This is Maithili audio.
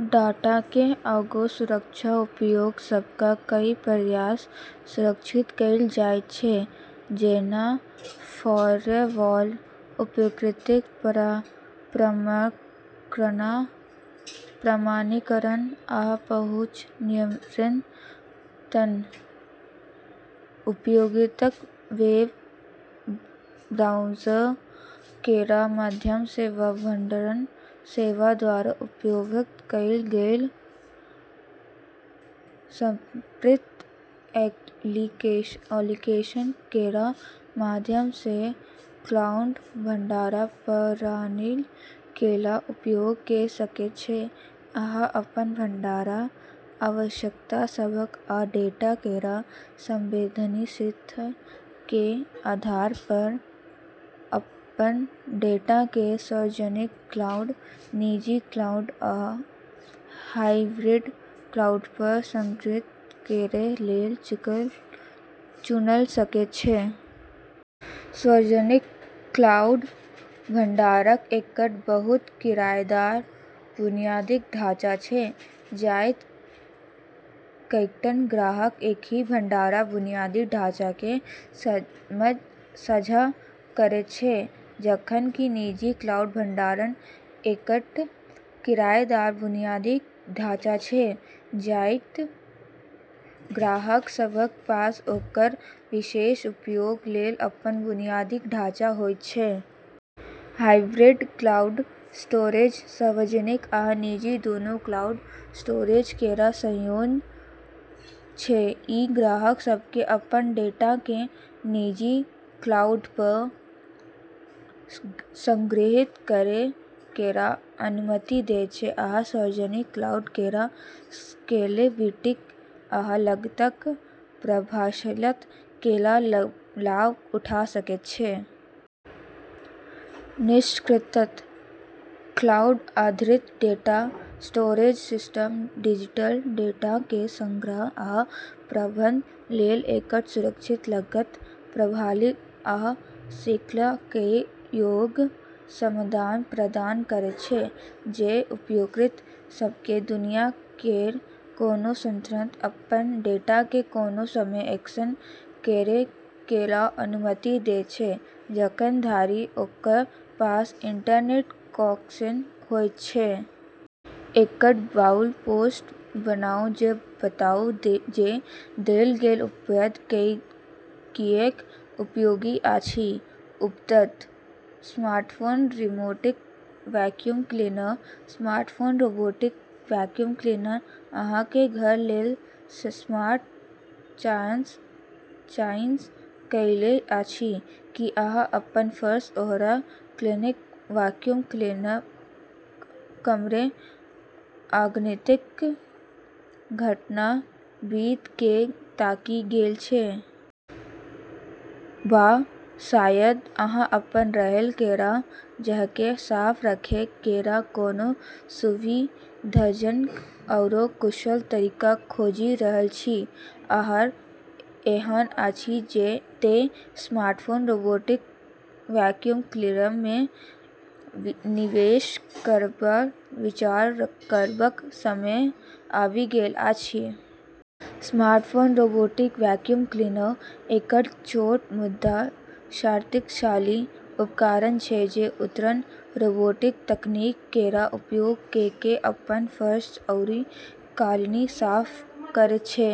डेटाकेँ आगू सुरक्षा उपाय सभक कई परतकसँ सुरक्षित कएल जाइत छै, जेना फायरवॉल, उपयोगकर्ता प्रमाणीकरण, आ पहुँच नियंत्रण। उपयोगकर्ता वेब ब्राउज़र केर माध्यमसँ वा भंडारण सेवाद्वारा उपलब्ध कराएल गेल समर्पित एप्लीकेशन केर माध्यमसँ क्लाउड भंडारण प्रणाली केर उपयोग कऽ सकैत छै, आ अपन भंडारण आवश्यकता सभक आ डेटा केर संवेदनशीलता केर आधारपर, अपन डेटाकेँ सार्वजनिक क्लाउड, निजी क्लाउड वा हाइब्रिड क्लाउडपर संग्रहीत करै लेल चुन सकैत छै। सार्वजनिक क्लाउड भंडारण एकटा बहु-किरायेदार बुनियादी ढाँचा छै, जतए कईटा ग्राहक एकही भंडारण बुनियादी ढाँचाकेँ साझा करैत छै, जखन कि निजी क्लाउड भंडारण एकटा किरायेदार बुनियादी ढाँचा छै, जतए ग्राहक सभक पास ओकर विशेष उपयोग लेल अपन बुनियादी ढाँचा होइत छै। हाइब्रिड क्लाउड स्टोरेज सार्वजनिक आ निजी दूनू क्लाउड स्टोरेज केर संयोजन छै; ई ग्राहक सभकेँ अपन डेटाकेँ निजी क्लाउडपर संग्रहीत करै केर अनुमति दैत छै आ सार्वजनिक क्लाउड केर स्केलेबिलिटी आ लागत-प्रभावशीलता केर लाभ उठा सकैत छै। निष्कर्षतः, क्लाउड आधारित डेटा स्टोरेज सिस्टम डिजिटल डेटाकेँ संग्रहण आ प्रबंधन लेल एकटा सुरक्षित, लागत प्रभावी आ स्केल करै योग्य समाधान प्रदान करैत छै, जे उपयोगकर्ता सभकेँ दुनिया केर कोनो स्थानसँ अपन डेटाकेँ कोनो समय एक्सेस करै केर अनुमति दैत छै, जखन धरि ओकरा पास इंटरनेट कनेक्शन होइत छै। एकटा ब्लॉग पोस्ट बनाउ जे बताउ जे देल गेल उत्पाद किऐक उपयोगी अछि। उत्पाद: smartphone robotic vacuum cleaner. Smartphone robotic vacuum cleaner अहाँक घर लेल स्मार्ट चॉइस किऐक अछि? की अहाँ अपन फर्श आओर कालीनकेँ वैक्यूम करैमे अनगिनत घंटा बिता कऽ थाकि गेल छी? वा शायद अहाँ अपन रहै केर जगहकेँ साफ रखै केर कोनो सुविधाजनक आओर कुशल तरीका खोजि रहल छी। अगर एहन अछि तऽ स्मार्टफोन रोबोटिक वैक्यूम क्लीनरमे निवेश करबापर विचार करबाक समय आबि गेल अछि। स्मार्टफोन रोबोटिक वैक्यूम क्लीनर एकटा छोट मुदा शक्तिशाली उपकरण छै जे उन्नत रोबोटिक तकनीक केर उपयोग कऽ कऽ अपन फर्श आरू कालीन साफ करैत छै।